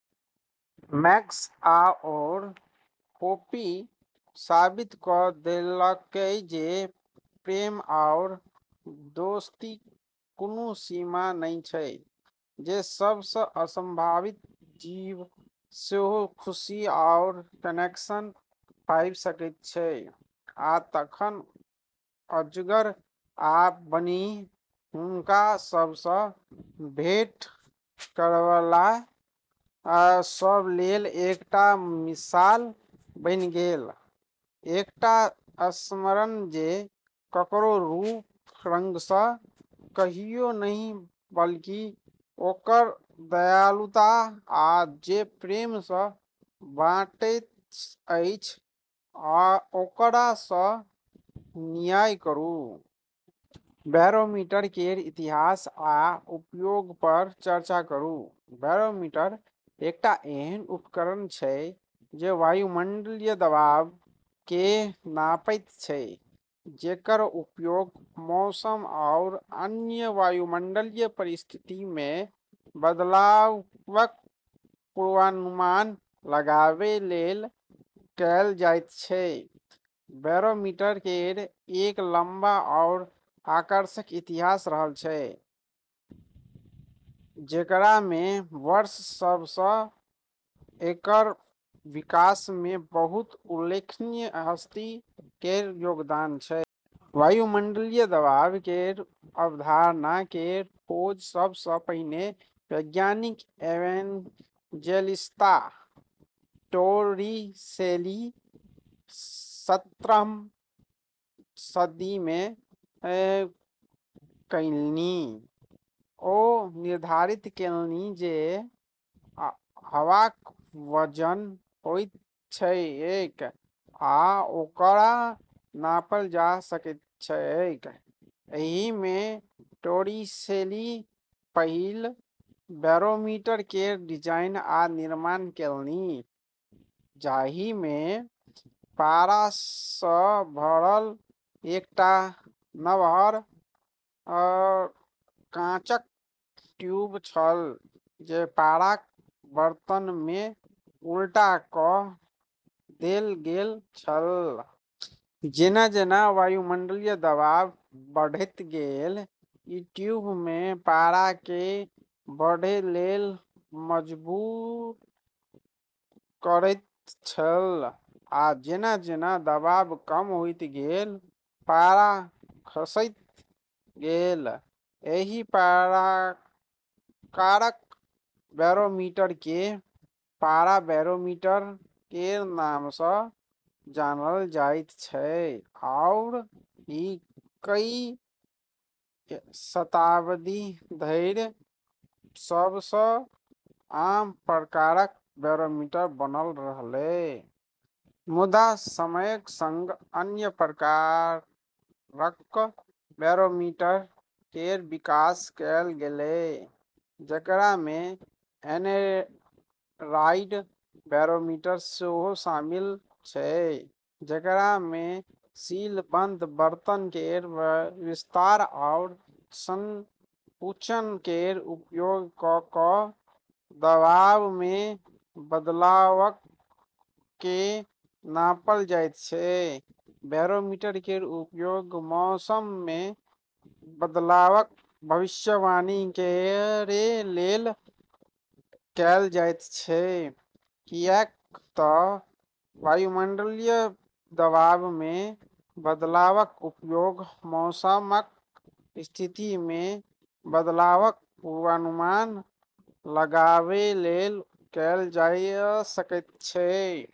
Max आओर Poppy साबित कऽ देलकै जे प्रेम आओर दोस्तीक कोनो सीमा नहि छै, जे सबसँ असंभावित जीव सेहो खुशी आओर कनेक्शन पाबि सकैत छै। आ तखन अजगर आ बन्नी हुनका सभसँ भेट करैवाला सभ लेल एकटा मिसाल बनि गेल, एकटा स्मरण जे ककरो रूप-रंगसँ कहियो नहि, बल्कि, ओकर दयालुता आ जे प्रेमसँ बाँटैत अछि, ओकरासँ न्याय करू। बैरोमीटर केर इतिहास आ उपयोगपर चर्चा करू। बैरोमीटर एकटा एहन उपकरण छै जे वायुमंडलीय दबावकेँ नापैत छै, जेकर उपयोग मौसम आओर अन्य वायुमंडलीय परिस्थितिमे बदलावक पूर्वानुमान लगाबै लेल कएल जाइत छै। बैरोमीटर केर एक लंबा आओर आकर्षक इतिहास रहल छै, जेकरामे वर्ष सभसँ एकर विकासमे बहुत उल्लेखनीय हस्ती केर योगदान छै। वायुमंडलीय दबाव केर अवधारणा केर खोज सबसँ पहिने वैज्ञानिक इवेंजेलिस्ता टोरिसेली सत्रहम सदीमे कएलनि। ओ निर्धारित केलनि जे हवाक वजन होइत छैक आ ओकरा नापल जा सकैत छैक। एहिमे टोरिसेली पहिल बैरोमीटर केर डिजाइन आ निर्माण केलनि, जाहिमे पारासँ भरल एकटा नम्हर काँचक ट्यूब छल जे पाराक बर्तनमे उल्टा कऽ देल गेल छल। जेना-जेना वायुमंडलीय दबाव बढ़ैत गेल, ई ट्यूबमे पाराकेँ बढ़ै लेल मजबूर करैत छल, आ जेना-जेना दबाव कम होइत गेल, पारा खसैत गेल। एहि प्रकारक बैरोमीटरकेँ पारा बैरोमीटर केर नामसँ जानल जाइत छै, आओर ई कई शताब्दी धरि सबसँ आम प्रकारक बैरोमीटर बनल रहलै। मुदा समयक संग अन्य प्रकारक बैरोमीटर केर विकास कएल गेलै, जेकरामे एनेरॉइड बैरोमीटर सेहो शामिल छै, जेकरामे सीलबंद बर्तन केर विस्तार आओर संकुचन केर उपयोग कऽ कऽ दबावमे बदलावकेँ नापल जाइत छै। बैरोमीटर केर उपयोग मौसममे बदलावक भविष्यवाणी करै लेल कएल जाइत छै, किऐक तऽ वायुमंडलीय दबावमे बदलावक उपयोग मौसमक स्थितिमे बदलावक पूर्वानुमान लगाबै लेल कएल जा सकैत छै।